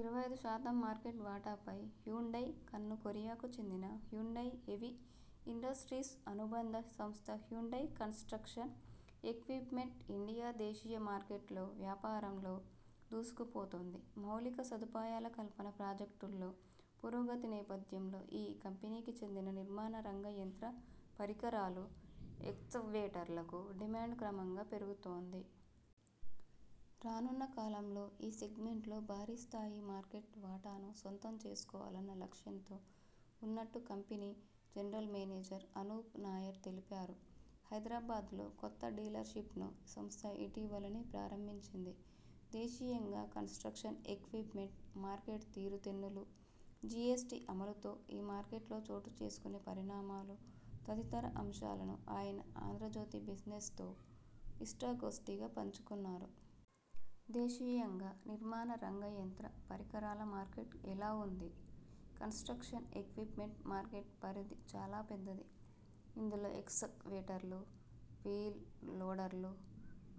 ఇరవై ఐదు శాతం మార్కెట్ వాటాపై హ్యుండయ్ కన్ను కొరియాకు చెందిన హ్యుండయ్ హెవీ ఇండస్ర్టీస్ అనుబంధ సంస్థ హ్యుండయ్ కన్స్ట్రక్షన్ ఎక్విప్మెంట్ ఇండియా దేశీయ మార్కెట్లో వ్యాపారంలో దూసుకుపోతోంది. మౌలిక సదుపాయాల కల్పన ప్రాజెక్టుల్లో పురోగతి నేపథ్యంలో ఈ కంపెనీకి చెందిన నిర్మాణ రంగ యంత్ర పరికరాలు, ఎక్స్కవేటర్లకు డిమాండ్ క్రమంగా పెరుగుతోంది. రానున్న కాలంలో ఈ సెగ్మెంట్లో భారీ స్థాయి మార్కెట్ వాటాను సొంతం చేసుకోవాలన్న లక్ష్యంతో ఉన్నట్టు company general manager Anoop Nair తెలిపారు. హైదరాబాద్లో కొత్త డీలర్షిప్ను సంస్థ ఇటీవలనే ప్రారంభించింది. దేశీయంగా కన్స్ట్రక్షన్ ఎక్విప్మెంట్ మార్కెట్ తీరుతెన్నులు, జిఎస్టి అమలుతో ఈ మార్కెట్లో చోటు చేసుకునే పరిణామాలు తదితర అంశాలను ఆయన 'ఆంధ్రజ్యోతి బిజినెస్ 'తో ఇష్టాగోష్టిగా పంచుకున్నారు. దేశీయంగా నిర్మాణ రంగ యంత్ర పరికరాల మార్కెట్ ఎలా ఉంది? కన్స్ట్రక్షన్ ఎక్విప్మెంట్ మార్కెట్ పరిధి చాలా పెద్దది. ఇందులో ఎక్స్కవేటర్లు, వీల్ లోడర్లు,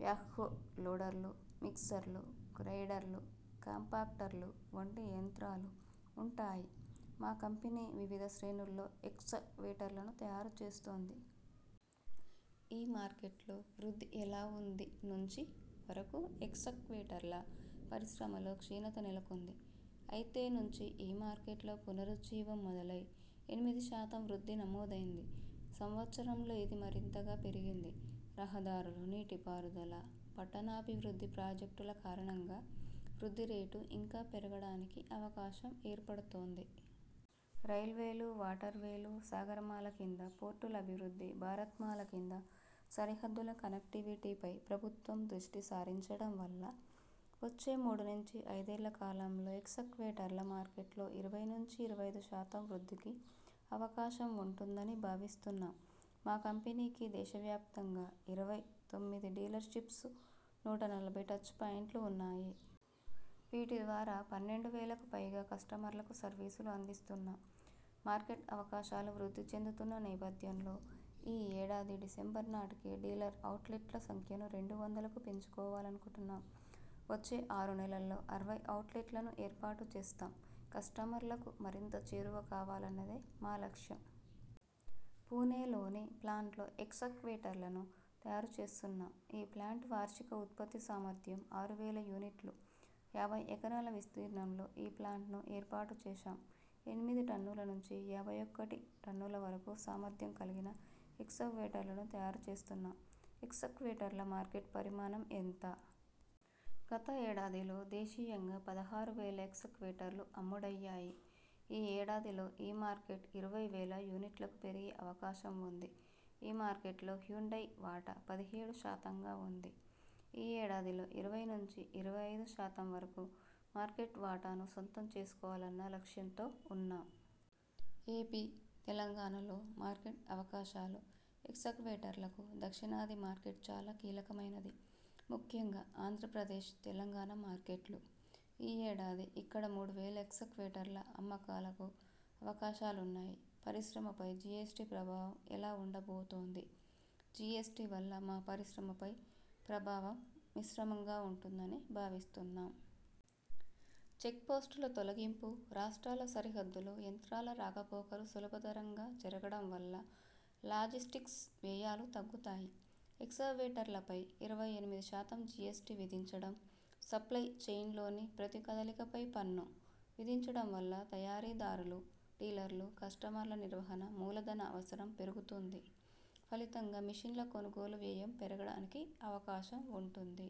బ్యాక్హో లోడర్లు, మిక్సర్లు, గ్రేడర్లు, కాంపాక్టర్లు వంటి యంత్రాలు ఉంటాయి. మా కంపెనీ వివిధ శ్రేణుల్లో ఎక్స్కవేటర్లను తయారు చేస్తోంది. ఈ మార్కెట్లో వృద్ధి ఎలా ఉంది నుంచి వరకు ఎక్స్కవేటర్ల పరిశ్రమలో క్షీణత నెలకొంది. అయితే నుంచి ఈ మార్కెట్లో పునరుజ్జీవం మొదలై ఎనిమిది శాతం వృద్ధి నమోదైంది. సంవత్సరంలో ఇది మరింతగా పెరిగింది. రహదారులు, నీటిపారుదల, పట్టణాభివృద్ధి ప్రాజెక్టుల కారణంగా వృద్ధి రేటు ఇంకా పెరగడానికి అవకాశం ఏర్పడుతోంది. రైల్వేలు, వాటర్వేలు, సాగరమాల కింద పోర్టుల అభివృద్ధి, భారత్ మాల కింద సరిహద్దుల కనెక్టివిటీపై ప్రభుత్వం దృష్టిసారించడం వల్ల వచ్చే మూడు నుంచి ఐదేళ్ల కాలంలో ఎక్స్కవేటర్ల మార్కెట్లో ఇరవై నుంచి ఇరవై ఐదు శాతం వృద్ధికి అవకాశం ఉంటుందని భావిస్తున్నాం. మా కంపెనీకి దేశవ్యాప్తంగా ఇరవై తొమ్మిది డీలర్షిప్స్, నూట నలభై టచ్ పాయింట్లున్నాయి. వీటి ద్వారా పన్నెండు వేలకు పైగా కస్టమర్లకు సర్వీసులు అందిస్తున్నాం. మార్కెట్ అవకాశాలు వృద్ధి చెందుతున్న నేపథ్యంలో ఈ ఏడాది డిసెంబర్ నాటికి డీలర్ ఔట్లెట్ల సంఖ్యను రెండు వందలకు పెంచుకోవాలనుకుంటున్నాం. వచ్చే ఆరు నెలల్లో అరవై ఔట్లెట్లను ఏర్పాటు చేస్తాం. కస్టమర్లకు మరింత చేరువ కావాలన్నదే మా లక్ష్యం. పుణెలోని ప్లాంట్లో ఎక్స్కవేటర్లను తయారు చేస్తున్నాం. ఈ ప్లాంట్ వార్షిక ఉత్పత్తి సామర్థ్యం ఆరు వేల యూనిట్లు. యాభై ఎకరాల విస్తీర్ణంలో ఈ ప్లాంట్ను ఏర్పాటు చేశాం. ఎనిమిది టన్నుల నుంచి యాభై ఒకటి టన్నుల వరకు సామర్థ్యం కలిగిన ఎక్స్కవేటర్లను తయారు చేస్తున్నాం. ఎక్స్కవేటర్ల మార్కెట్ పరిమాణం ఎంత? గత ఏడాదిలో దేశీయంగా పదహారు వేల ఎక్స్కవేటర్లు అమ్ముడయ్యాయి. ఈ ఏడాదిలో ఈ మార్కెట్ ఇరవై వేల యూనిట్లకు పెరిగే అవకాశం ఉంది. ఈ మార్కెట్లో హ్యుండయ్ వాటా పదిహేడు శాతంగా ఉంది. ఈ ఏడాదిలో ఇరవై నుంచి ఇరవై ఐదు శాతం వరకు మార్కెట్ వాటాను సొంతం చేసుకోవాలన్న లక్ష్యంతో ఉన్నాం. ఎపి, తెలంగాణలో మార్కెట్ అవకాశాలు ఎక్స్కవేటర్లకు దక్షిణాది మార్కెట్ చాలా కీలకమైనది. ముఖ్యంగా ఆంధ్రప్రదేశ్, తెలంగాణ మార్కెట్లు. ఈ ఏడాది ఇక్కడమూడు వేల ఎక్స్కవేటర్ల అమ్మకాలకు అవకాశాలున్నాయి. పరిశ్రమపై జిఎస్టి ప్రభావం ఎలా ఉండబోతోంది జిఎస్టి వల్ల మా పరిశ్రమపై ప్రభావం మిశ్రమంగా ఉంటుందని భావిస్తున్నాం. చెక్పోస్టుల తొలగింపు, రాష్ట్రాల సరిహద్దులో యంత్రాల రాకపోకలు సులభతరంగా జరగడం వల్ల లాజిస్టిక్స్ వ్యయాలు తగ్గుతాయి. ఎక్స్కవేటర్లపై ఇరవై ఎనిమిది శాతం జిఎస్టి విధించడం, సప్లయ్ చెయిన్లోని ప్రతి కదలికపై పన్ను విధించడం వల్ల తయారీదారులు, డీలర్లు, కస్టమర్ల నిర్వహణ మూలధన అవసరం పెరుగుతుంది. ఫలితంగా మెషిన్ల కొనుగోలు వ్యయం పెరగడానికి అవకాశం ఉంటుంది.